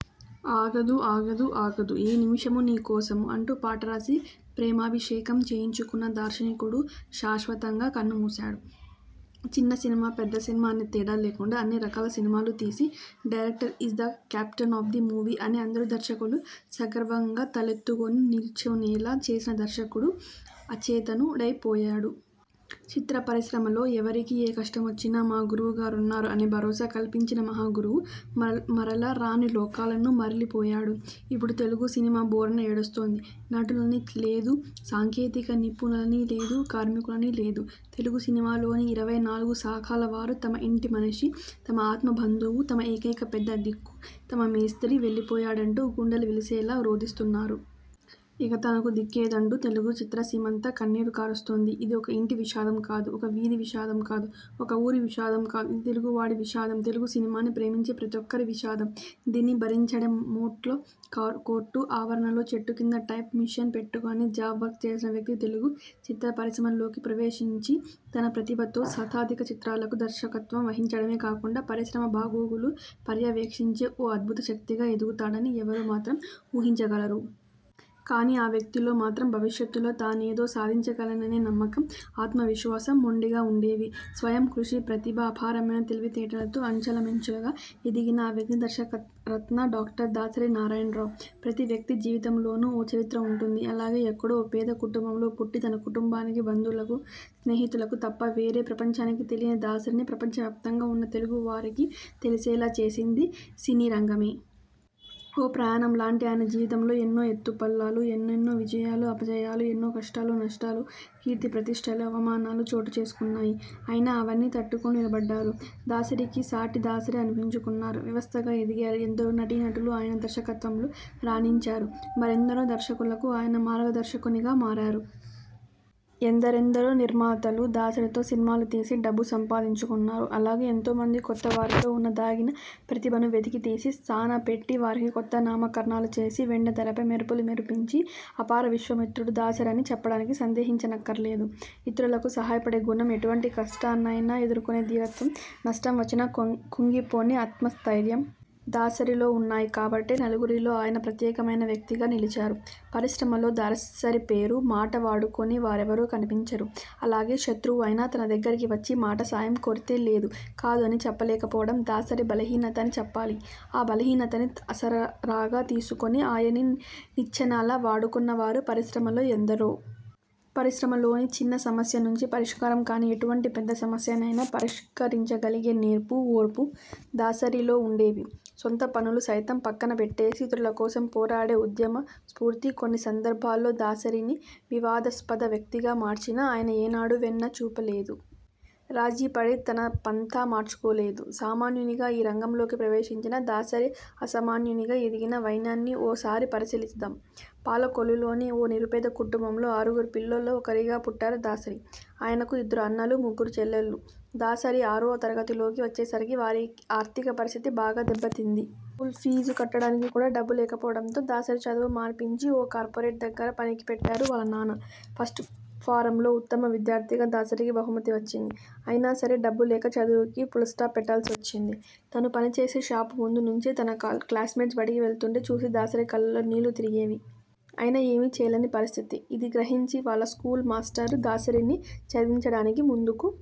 ఆగదు.. ఆగదు.. ఆగదు ఏ నిమిషము నీ కోసమూ.. ' అంటూ పాట రాసి, 'ప్రేమాభిషేకం' చేయించుకొన్న దార్శనికుడు శాశ్వతంగా కన్నుమూశాడు. చిన్న సినిమా, పెద్ద సినిమా అనే తేడా లేకుండా అన్ని రకాల సినిమాలూ తీసి, 'director is the captain of the movie' అని అందరు దర్శకులూ సగర్వంగా తలెత్తుకొని నిల్చొనేలా చేసిన దిగ్దర్శకుడు అచేతనుడైపోయాడు. చిత్ర పరిశ్రమలో ఎవరికి ఏ కష్టమొచ్చినా 'మా గురువుగారున్నారు' అనే భరోసా కల్పించిన మహాగురువు మరల రాని లోకాలను మరలిపోయాడు. ఇప్పుడు తెలుగు సినిమా భోరున ఏడుస్తోంది. నటులని లేదు, సాంకేతిక నిపుణులని లేదు, కార్మికులని లేదు.. తెలుగు సినిమాలోని ఇరవై నాలుగు శాఖల వారూ తమ ఇంటి మనిషి, తమ ఆత్మబంధువు, తమ ఏకైక పెద్ద దిక్కు, తమ 'మేస్త్రీ' వెళ్లిపోయాడంటూ గుండెలవిసేలా రోదిస్తున్నారు. ఇక తనకు దిక్కేదంటూ తెలుగు చిత్రసీమంతా కన్నీరు కారుస్తోంది. ఇది ఒక ఇంటి విషాదం కాదు.. ఒక వీధి విషాదం కాదు.. ఒక ఊరి విషాదం కాదు.. ఇది తెలుగువాడి విషాదం. తెలుగు సినిమాని ప్రేమించే ప్రతి ఒక్కరి విషాదం.. దీన్ని భరించడమొట్లో కోర్టు ఆవరణలో చెట్టు కింద టైప్ మిషన్ పెట్టుకొని జాబ్ వర్క్ చేసిన వ్యక్తి తెలుగు చిత్రపరిశ్రమలోకి ప్రవేశించి తన ప్రతిభతో శతాధిక చిత్రాలకు దర్శకత్వం వహించడమే కాకుండా పరిశ్రమ బాగోగులు పర్యవేక్షించే ఓ అద్భుత శక్తిగా ఎదుగుతాడని ఎవరు మాత్రం ఊహించగలరు? కానీ ఆ వ్యక్తిలో మాత్రం భవిష్యత్తులో తానేదో సాధించగలననే నమ్మకం, ఆత్మవిశ్వాసం మొండిగా ఉండేవి. స్వయంకృషి, ప్రతిభ, అపారమైన తెలివితేటలతో అంచలంచెలుగా ఎదిగిన ఆ వ్యక్తి దర్శకరత్న డాక్టర్ దాసరి నారాయణరావు. ప్రతి వ్యక్తి జీవితంలోనూ ఓ చరిత్ర ఉంటుంది. అలాగే ఎక్కడో ఓ పేద కుటుంబంలో పుట్టి తన కుటుంబానికీ, బంధువులకు, స్నేహితులకు తప్ప వేరే ప్రపంచానికి తెలియని దాసరిని ప్రపంచవ్యాప్తంగా ఉన్న తెలుగు వారికి తెలిసేలా చేసింది సినీరంగమే. ఓ ప్రయాణంలాంటి ఆయన జీవితంలో ఎన్నో ఎత్తుపల్లాలు, ఎన్నెన్నో విజయాలు, అపజయాలు, ఎన్నో కష్టాలు, నష్టాలు, కీర్తిప్రతిష్టలు, అవమానాలు చోటుచేసుకొన్నాయి. అయినా అవన్నీ తట్టుకొని నిలబడ్డారు. దాసరికి సాటి దాసరే అనిపించుకొన్నారు. వ్యవస్థగా ఎదిగారు. ఎందరో నటీనటులు ఆయన దర్శకత్వంలో రాణించారు. మరెందరో దర్శకులకు ఆయన మార్గధర్శకునిగా మారారు. ఎందరెందరో నిర్మాతలు దాసరితో సినిమాలు తీసి డబ్బు సంపాదించుకొన్నారు. అలాగే ఎంతోమంది కొత్తవారిలో ఉన్న దాగిన ప్రతిభను వెలికి తీసి, సాన పట్టి వారికి కొత్త నామకరణాలు చేసి, వెండితెరపై మెరుపులు మెరిపించి అపర విశ్వామిత్రుడు దాసరి అని చెప్పడానికి సందేహించనక్కర్లేదు. ఇతరులకు సాయపడే గుణం, ఎటువంటి కష్టాన్నయినా ఎదుర్కొనే ధీరత్వం, నష్టం వచ్చిన కుంగిపోని ఆత్మస్థైర్యం.. దాసరిలో ఉన్నాయి కాబట్టే నలుగురిలో ఆయన ప్రత్యేకమైన వ్యక్తిగా నిలిచారు. పరిశ్రమలో దాసరి పేరు, మాట వాడుకోని వారెవరూ కనిపించరు. అలాగే శత్రువు అయినా తన దగ్గరికి వచ్చి మాట సాయం కోరితే 'లేదు.. కాదు' అని చెప్పలేకపోవడం దాసరి బలహీనత అని చెప్పాలి. ఆ బలహీనతని అసరాగా తీసుకొని ఆయన్ని నిచ్చెనలా వాడుకొన్న వారు పరిశ్రమలో ఎందరో! పరిశ్రమలోని చిన్న సమస్య నుంచి పరిష్కారం కానీ ఎటువంటి పెద్ద సమస్యనైనా పరిష్కరించగలిగే నేర్పు, ఓర్పు దాసరిలో ఉండేవి. సొంత పనులు సైతం పక్కన పెట్టేసి ఇతరుల కోసం పోరాడే ఉద్యమస్పూర్తి కొన్ని సందర్భాల్లో దాసరిని వివాదాస్పద వ్యక్తిగా మార్చినా ఆయన ఏనాడూ వెన్న చూపలేదు. రాజీపడి తన పంథా మార్చుకోలేదు. సామాన్యునిగా ఈ రంగంలోకి ప్రవేశించిన దాసరి అసమాన్యునిగా ఎదిగిన వైనాన్ని ఓ సారి పరిశీలిస్తాం పాలకొల్లులోని ఓ నిరుపేద కుటుంబంలో ఆరుగురు పిల్లల్లో ఒకరిగా పుట్టారు దాసరి. ఆయనకు ఇద్దరు అన్నలు, ముగ్గురు చెల్లెళ్లు. దాసరి ఆరో తరగతిలోకి వచ్చేసరికి వారి ఆర్థిక పరిస్థితి బాగా దెబ్బతింది. స్కూల్ ఫీజు కట్టడానికి కూడా డబ్బు లేకపోవడంతో దాసరి చదువు మాన్పించి ఓ కార్పెంటర్ దగ్గర పనికి పెట్టారు వాళ్ల నాన్న. ఫస్ట్ ఫారం లో ఉత్తమ విద్యార్థిగా దాసరికి బహుమతి వచ్చింది. అయినాసరే డబ్బు లేక చదువుకి పుల్స్టాప్ పెట్టాల్సి వచ్చింది. తను పనిచేసే షాపు ముందు నుంచే తన క్లాస్మేట్స్ బడికి వెళుతుంటే చూసి దాసరి కళ్లలో నీళ్లు తిరిగేవి. అయినా ఏమీ చేయలేని పరిస్థితి. ఇది గ్రహించి వాళ్ల స్కూల్ మాస్టర్ దాసరిని చదివించడానికి ముందుకు